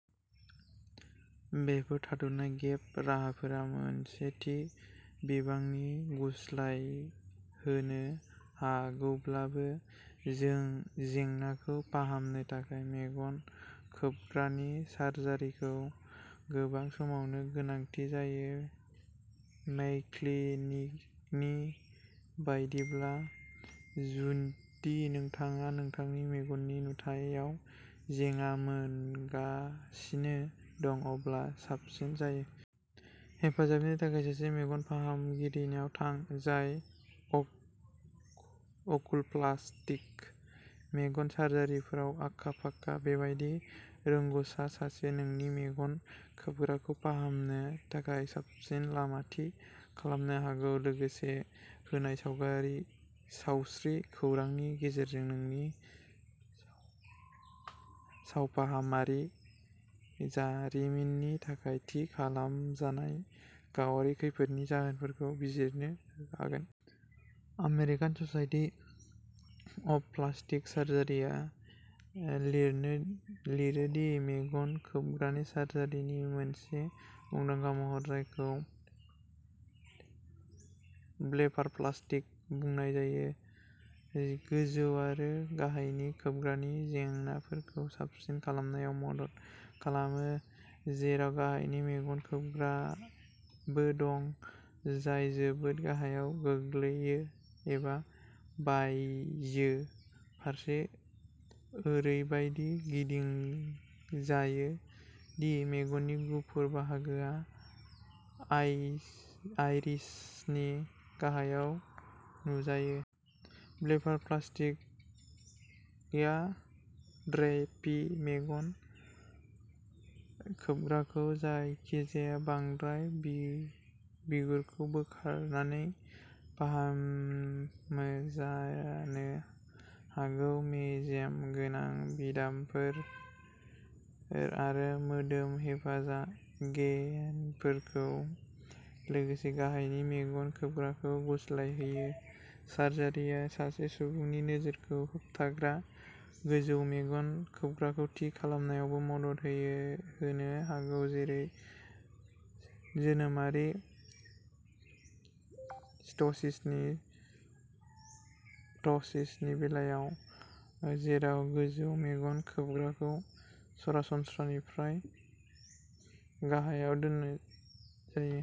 बेफोर थाद'नाय गेप राहाफोरा मोनसे थि बिबांनि गुस्लाय होनो हागौब्लाबो, जें जेंनाखौ फाहामनो थाखाय मेगन खोबग्रानि सार्जारिखौ गोबां समावनो गोनांथि जायो। मे क्लिनिकनि बायदिब्ला, जुदि नोंथाङा नोंथांनि मेगननि नुथायाव जेंना मोनगासिनो दं, अब्ला साबसिन जायो। हेफाजाबनि थाखाय सासे मेगन फाहामगिरिनाव थां, जाय अकुल'प्लास्टिक मेगन सार्जारिफोराव आखा-फाखा। बेबादि रोंग'सा सासेआ नोंनि मेगन खोबग्राखौ फाहामनो थाखाय साबसिन लामा थि खालामनो हागोन, लोगोसे होनाय सावस्रि खौरांनि गेजेरजों नोंनि सावफाहामारि जारिमिननि थाखाय थि खालामजानाय गावारि खैफोदनि जाहोनफोरखौ बिजिरनो हागोन। आमेरिकान स'साइटि अफ प्लास्टिक सार्जारिआ लिरो दि मेगन खोबग्रानि सार्जारिनि मोनसे मुंदांखा महर-जायखौ ब्लेफार'प्लास्टि बुंनाय जायो-गोजौ आरो गाहायनि खोबग्रानि जेंनाफोरखौ साबसिन खालामनायाव मदद खालामो, जेराव गाहायनि मेगन खोबग्राबो दं, जाय जोबोद गाहायाव गोग्लैयो एबा बायजो फारसे ओरैबादि गिदिंजायो दि मेगननि गुफुर बाहागोआ आइरिसनि गाहायाव नुजायो। ब्लेफार'प्लास्टिया ड्रपि मेगन खोबग्राखौ जायखिजाया बांद्राय बिगुरखौ बोखारनानै फाहामो, जानो हागौ मेजेम गोनां बिदामफोर आरो मोदोम गेहेनफोरजों लोगोसे गाहायनि मेगन खोबग्राखौ गुस्लायहोयो। सार्जारिआ सासे सुबुंनि नोजोरखौ होबथाग्रा गोजौ मेगन खोबग्राखौ थि खालामनायावबो मदद होनो हागौ, जेरै जोनोमारि प्ट'सिसनि बेलायाव, जेराव गोजौ मेगन खोबग्राखौ सरासनस्रानिफ्राय गाहायाव दोननाय जायो।